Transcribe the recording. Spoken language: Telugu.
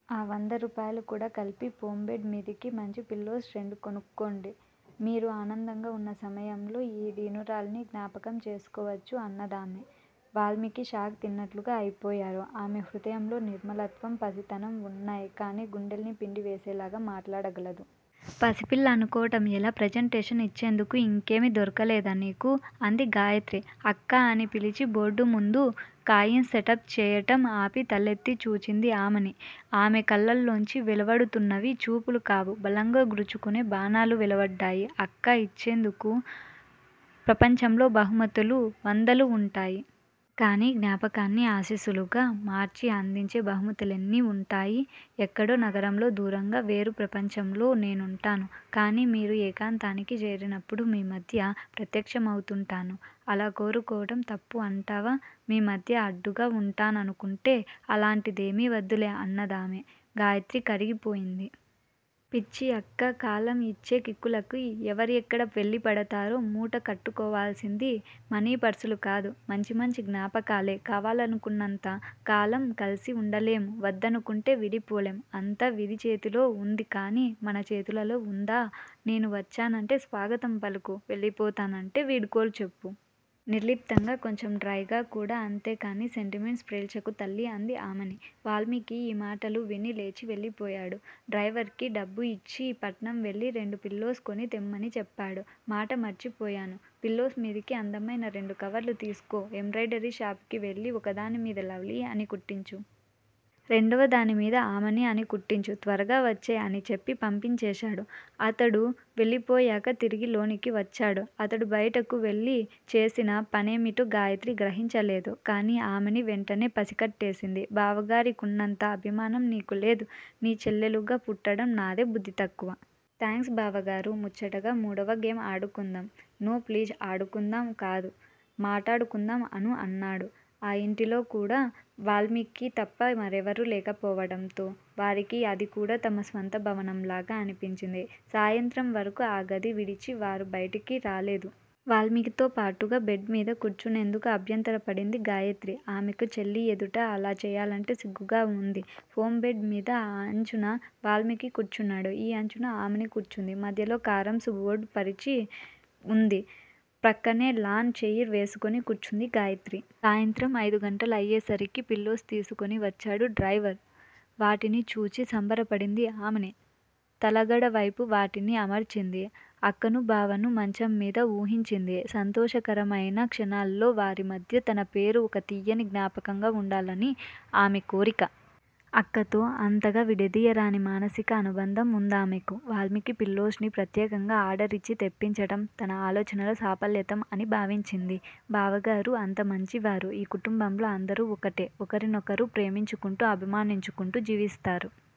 ఆ వంద రూపాయలు కూడ కలిపి ఫోం బెడ్ మీదికి మంచి పిల్లోస్ రెండు కొనుక్కోండి. మీరు ఆనందంగా ఉన్న సమయంలో ఈ దీనురాల్ని జ్ఞాపకం చేసుకోవచ్చు అన్నదామె. వాల్మీకి షాక్ తిన్నట్లుగా అయిపోయారు. ఆమె హృదయంలో నిర్మలత్వం పసితనం ఉన్నాయి. కాని గుండెల్ని పిండివేసేలాగ మాటాడగలదు. పసిపిల్ల అనుకోవటం ఎలా? ప్రజంటేషన్ యిచ్చేందుకు యింకేమీ దొరకలేదా నీకు? అంది గాయత్రి. అక్కా! అని పిలిచి బోర్డుముందు కాయిన్స్ సెటప్ చేయటం ఆపి తలఎత్తి చూచింది ఆమని. ఆమె కళ్ళలోంచి వెలువడుతున్నవి చూపులు కావు. బలంగా గ్రుచ్చుకునే బాణాలు వెలువడ్డాయి. అక్కా! ఇచ్చేందుకు ప్రపంచంలో బహుమతులు వందలు వేలుంటాయి. కాని జ్ఞాపకాన్ని ఆశీస్సులుగా మార్చి అందించే బహుమతులెన్ని ఉంటాయి. ఎక్కడో నగరంలో దూరంగా వేరు ప్రపంచంలో నేనుంటాను. కాని మీరు ఏకాంతానికి చేరినప్పుడు మీ మధ్య ప్రత్యక్షమవుతుంటాను. అలా కోరుకోవటం తప్పు అంటావా? మీ మధ్య అడ్డుగా ఉంటాననుకుంటే అలాంటిదేమీ వద్దులే అన్నదామె. గాయత్రి కరిగిపోయింది. పిచ్చి అక్కా! కాలం యిచ్చే కిక్కులకు ఎవరెక్కడ వెళ్ళిపడతారో మూట కట్టుకోవల్సింది మనీపర్సులు కాదు. మంచి మంచి జ్ఞాపకాలే! కావాలనుకున్నంత కాలం కలిసి ఉండలేము. వద్దనుకుంటే విడిపోలేం! అంతా విధి చేతిలో ఉంది కాని మన చేతులలో ఉందా? నేను వచ్చానంటే స్వాగతం పలుకు. వెళ్ళిపోతానంటే వీడ్కోలు చెప్పు. నిర్లిప్తంగా! కొంచెం డ్రైగా కూడా! అంతేకాని సెంటిమెంట్స్ ప్రేల్చకు తల్లీ! అంది ఆమని. వాల్మీకి ఈ మాటలు విని లేచి వెళ్ళిపోయాడు. డ్రయివర్ కి డబ్బు యిచ్చి పట్నం వెళ్ళి రెండు పిల్లోస్ కొని తెమ్మని చెప్పాడు. మాట మర్చిపోయాను! పిల్లోస్ మీదికి అందమయిన రెండు కవర్లు తీసుకో, ఎంబ్రాయిడరీ షాపుకు వెళ్ళి, ఒకదాని మీద లవ్లీ అని కుట్టించు. రెండవదాని మీద ఆమని అని కుట్టించు! త్వరగా వచ్చెయ్ అని చెప్పి పంపించేశాడు. అతడు వెళ్ళిపోయాక తిరిగి లోనికి వచ్చాడు. అతడు బయటకు వెళ్ళి చేసిన పనేమిటో గాయత్రి గ్రహించలేదు. కాని ఆమని వెంటనే పసికట్టేసింది. బావగారికున్నంత అభిమానం నీకు లేదు. నీ చెల్లెలుగా పుట్టడం నాదే బుద్ధి తక్కువ. థాంక్స్ బావగారు! ముచ్చటగా మూడవ గేమ్ ఆడుకుందాం. నో ప్లీజ్ ఆడుకుందాం కాదు. మాటాడుకుందాం అను అన్నాడు. ఆ ఇంటిలో కూడ వాల్మీకి తప్ప మరెవరూ లేకపోవటంతో వారికి అది కూడ తమ స్వంత భవనంలాగా అనిపించింది. సాయంత్రం వరకూ ఆ గది విడిచి వారు బయటకు రాలేదు. వాల్మీకితో పాటుగా బెడ్ మీద కూర్చునేందుకు అభ్యంతరపడింది గాయత్రి! ఆమెకు చెల్లి ఎదుట అలా చేయాలంటే సిగ్గుగా ఉంది. ఫోం బెడ్ మీద ఆ అంచున వాల్మీకి కూర్చున్నాడు. ఈ అంచున ఆమని కూర్చుంది, మధ్యలో కారమ్స్ బోర్డు పరచి ఉంది. ప్రక్కనే లాన్ చెయిర్ వేసుకుని కూర్చుంది గాయత్రి. సాయంత్రం అయిదు గంటలు అయ్యేసరికి పిల్లోస్ తీసుకుని వచ్చాడు డ్రయివర్. వాటిని చూచి సంబర పడింది ఆమని. తలగడ వైపు వాటిని అమర్చింది. అక్కను, బావను మంచం మీద ఊహించింది. సంతోషకరమయిన క్షణాల్లో వారి మధ్య తన పేరు ఒక తీయని జ్ఞాపకంగా వుండాలని ఆమె కోరిక. అక్కతో అంతగా విడదీయరాని మానసిక అనుబంధం వుందామెకు. వాల్మీకి పిల్లోస్ ని ప్రత్యేకంగా ఆర్డరిచ్చి తెప్పించటం తన ఆలోచనల సాఫల్యత అని భావించింది. బావగారు అంత మంచివారు. ఈ కుటుంబంలో అందరూ ఒకటే. ఒకరినొకరు ప్రేమించుకుంటూ అభిమానించుకుంటూ జీవిస్తారు.